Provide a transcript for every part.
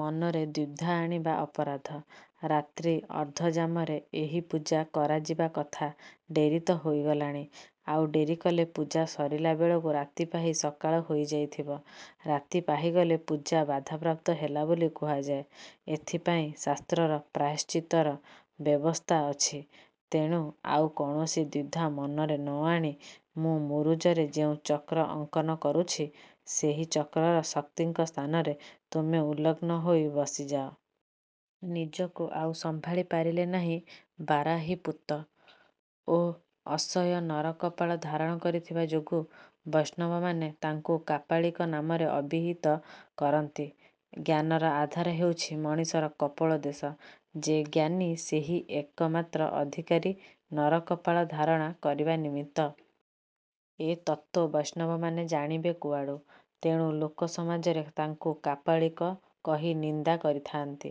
ମନରେ ଦ୍ୱିଧା ଆଣିବା ଅପରାଧ। ରାତ୍ରି ଅର୍ଦ୍ଧଯାମରେ ଏହି ପୂଜା କରାଯିବା କଥା ଡେରିତ ହୋଇଗଲାଣି—ଆଉ ଡେରିକଲେ ପୂଜା ସରିଲା ବେଳକୁ ରାତି ପାହି ସକାଳ ହୋଇଯାଇଥିବ। ରାତି ପାହିଗଲେ ପୂଜା ବାଧାପ୍ରାପ୍ତ ହେଲା ବୋଲି କୁହାଯାଏ। ଏଥିପାଇଁ ଶାସ୍ତ୍ରର ପ୍ରାୟଶ୍ଚିତର ବ୍ୟବସ୍ଥା ଅଛି। ତେଣୁ ଆଉ କୌଣସି ଦ୍ୱିଧା ମନରେ ନ ଆଣି ମୁଁ ମୁରୁଜରେ ଯେଉଁ ଚକ୍ର ଅଙ୍କନ କରୁଛି ସେହି ଚକ୍ରର ଶକ୍ତିଙ୍କ ସ୍ଥାନରେ ତୁମେ ଉଲଗ୍ନ ହୋଇ ବସିଯାଅ। ନିଜକୁ ଆଉ ସମ୍ଭାଳି ପାରିଲେ ନାହିଁ ବାରାହୀପୁତ୍ତ। ଓଃ ଅସହ୍ୟ–ନର କପାଳ ଧାରଣ କରିଥିବା ଯୋଗୁ ବୈଷ୍ଣବମାନେ ତାଙ୍କୁ କାପାଳିକ ନାମରେ ଅବିହିତ କରନ୍ତି। ଜ୍ଞାନର ଆଧାର ହେଉଛି ମଣିଷର କପୋଳଦେଶ। ଯେ ଜ୍ଞାନୀ ସେହି ଏକ ମାତ୍ର ଅଧିକାରୀ ନର କପାଳ ଧାରଣା କରିବା ନିମିତ୍ତ। ଏ ତତ୍ତ୍ୱ ବୈଷ୍ଣବମାନେ ଜାଣିବେ କୁଆଡ଼ୁ। ତେଣୁ ଲୋକ ସମାଜରେ ତାଙ୍କୁ କାପାଳିକ କହି ନିନ୍ଦା କରିଥାଆନ୍ତି।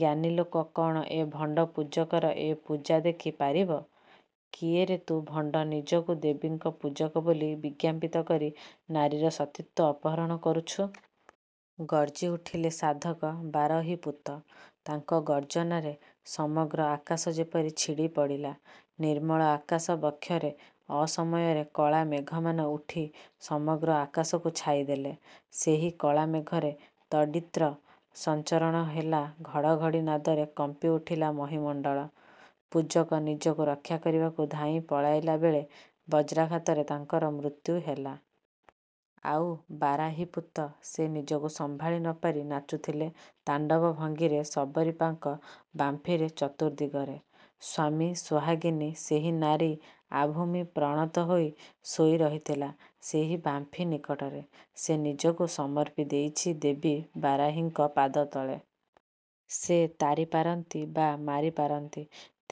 ଜ୍ଞାନୀ ଲୋକ କଣ ଏ ଭଣ୍ଡ ପୂଜକର ଏ ପୂଜା ଦେଖି ପାରିବ? ''କିଏ ରେ ତୁ ଭଣ୍ଡ ନିଜକୁ ଦେବୀଙ୍କ ପୂଜକ ବୋଲି ବିଜ୍ଞାପିତ କରି ନାରୀର ସତୀତ୍ୱ ଅପହରଣ କରୁଛୁ? '' ଗର୍ଜି ଉଠିଲେ ସାଧକ ବାରହୀପୁତ୍ତ। ତାଙ୍କ ଗର୍ଜନାରେ ସମଗ୍ର ଆକାଶ ଯେପରି ଛିଡ଼ି ପଡ଼ିଲା। ନିର୍ମଳ ଆକାଶ ବକ୍ଷରେ ଅସମୟରେ କଳା ମେଘମାନ ଉଠି ସମଗ୍ର ଆକାଶକୁ ଛାଇଦେଲେ। ସେହି କଳା ମେଘରେ ତଡ଼ିତ୍ର ସଂଚରଣ ହେଲା ଘଡ଼ଘଡ଼ି ନାଦରେ କମ୍ପି ଉଠିଲାମହିମଣ୍ଡଳ। ପୂଜକ ନିଜକୁ ରକ୍ଷାକରିବାକୁ ଧାଇଁ ପଳାଇଲାବେଳେ ବଜ୍ରାଘାତରେ ତାଙ୍କର ମୃତ୍ୟୁ ହେଲା। ଆଉ ବାରାହୀପୁତ୍ତ ସେ ନିଜକୁ ସମ୍ଭାଳି ନ ପାରି ନାଚୁଥିଲେ ତାଣ୍ଡବ ଭଙ୍ଗିରେ ଶବରୀପାଙ୍କ ବାମ୍ଫିରେ ଚତୁର୍ଦ୍ଦିଗରେ। ସ୍ୱାମୀ ସୋହାଗିନୀ ସେହି ନାରୀ ଆଭୂମି ପ୍ରଣତ ହୋଇ ଶୋଇ ରହିଥିଲା ସେହି ବାମ୍ଫି ନିକଟରେ। ସେ ନିଜକୁ ସମର୍ପୀ ଦେଇଛି ଦେବୀ ବାରାହୀଙ୍କ ପାଦ ତଳେ। ସେ ତାରି ପାରନ୍ତି ବା ମାରି ପାରନ୍ତି।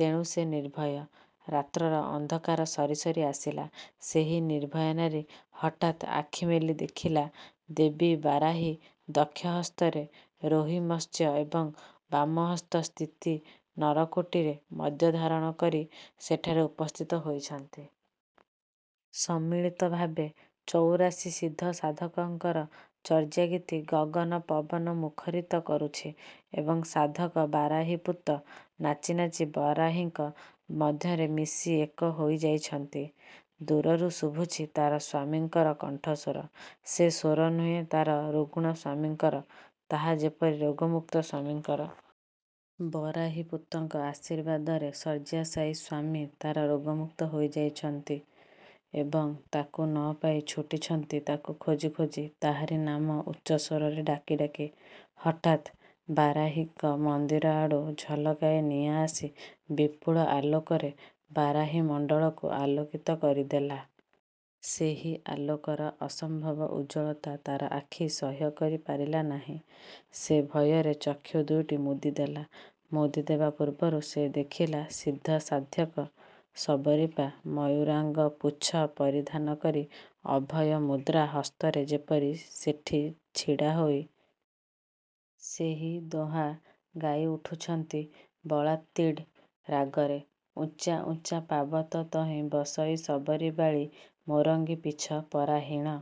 ତେଣୁ ସେ ନିର୍ଭୟ। ରାତ୍ରର ଅନ୍ଧକାର ସରି ସରି ଆସିଲା। ସେହି ନିର୍ଭୟାନାରୀ ହଠାତ୍ ଆଖି ମେଲି ଦେଖିଲା ଦେବୀ ବାରାହୀ ଦକ୍ଷହସ୍ତରେ ରୋହି ମତ୍ସ୍ୟ ଏବଂ ବାମହସ୍ତ ସ୍ଥିତି ନରକରୋଟିରେ ମଦ୍ୟ ଧାରଣ କରି ସେଠାରେ ଉପସ୍ଥିତ ହୋଇଛନ୍ତି। ସମ୍ମିଳିତ ଭାବେ ଚଉରାଶି ସିଦ୍ଧ ସାଧକଙ୍କର ଚର୍ଯ୍ୟାଗୀତି ଗଗନ ପବନ ମୁଖରୀତ କରୁଛି ଏବଂ ସାଧକ ବାରାହୀପୁତ୍ତ ନାଚି ନାଚି ବରାହୀଙ୍କ ମଧ୍ୟରେ ମିଶି ଏକ ହୋଇ ଯାଇଛନ୍ତି। ଦୂରରୁ ଶୁଭୁଛି ତାର ସ୍ୱାମୀଙ୍କର କଣ୍ଠସ୍ୱର। ସେ ସ୍ୱର ନୁହେଁ ତାର ରୁଗ୍ଣ ସ୍ୱାମୀଙ୍କର, ତାହା ଯେପରି ରୋଗମୁକ୍ତ ସ୍ୱାମୀଙ୍କର। ବରାହୀପୁତ୍ତଙ୍କ ଆଶୀର୍ବାଦରେ ଶଯ୍ୟାଶାୟୀ ସ୍ୱାମୀ ତାର ରୋଗମୁକ୍ତ ହୋଇ ଯାଇଛନ୍ତି ଏବଂ ତାକୁ ନ ପାଇ ଛୁଟିଛନ୍ତି ତାକୁ ଖୋଜି ଖୋଜି, ତାହାରି ନାମ ଉଚ୍ଚ ସ୍ୱରରେ ଡାକି ଡାକି। ହଠାତ୍ ବାରାହୀଙ୍କ ମନ୍ଦିରଆଡ଼ୁ ଝଲକାଏ ନିଆଁ ଆସି ବିପୁଳ ଆଲୋକରେ ବାରାହୀମଣ୍ଡଳକୁ ଆଲୋକିତ କରିଦେଲା। ସେହି ଆଲୋକର ଅସମ୍ଭବ ଉଜ୍ୱଳତା ତାର ଆଖି ସହ୍ୟକରି ପାରିଲା ନାହିଁ। ସେ ଭୟରେ ଚକ୍ଷୁ ଦୁଇଟି ମୁଦି ଦେଲା। ମୁଦି ଦେବା ପୂର୍ବରୁ ସେ ଦେଖିଲା ସିଦ୍ଧସାଧ୍ୟକ ଶବରୀପା ମୟୂରାଙ୍ଗ ପୁଚ୍ଛ ପରିଧାନ କରି ଅଭୟ ମୁଦ୍ରା ହସ୍ତରେ ଯେପରି ସେଠି ଛିଡ଼ା ହୋଇ ସେହି ଦୋହାଁ ଗାଈଉଠୁଛନ୍ତି ବଳାତ୍ଡ଼ି ରାଗରେ– ଉଁଚା ଉଁଚା ପାବତ ତହିଁ ବସଇ ସବରୀ ବାଳୀ ମୋରଙ୍ଗୀ ପୀଚ୍ଛ ପରାହିଣ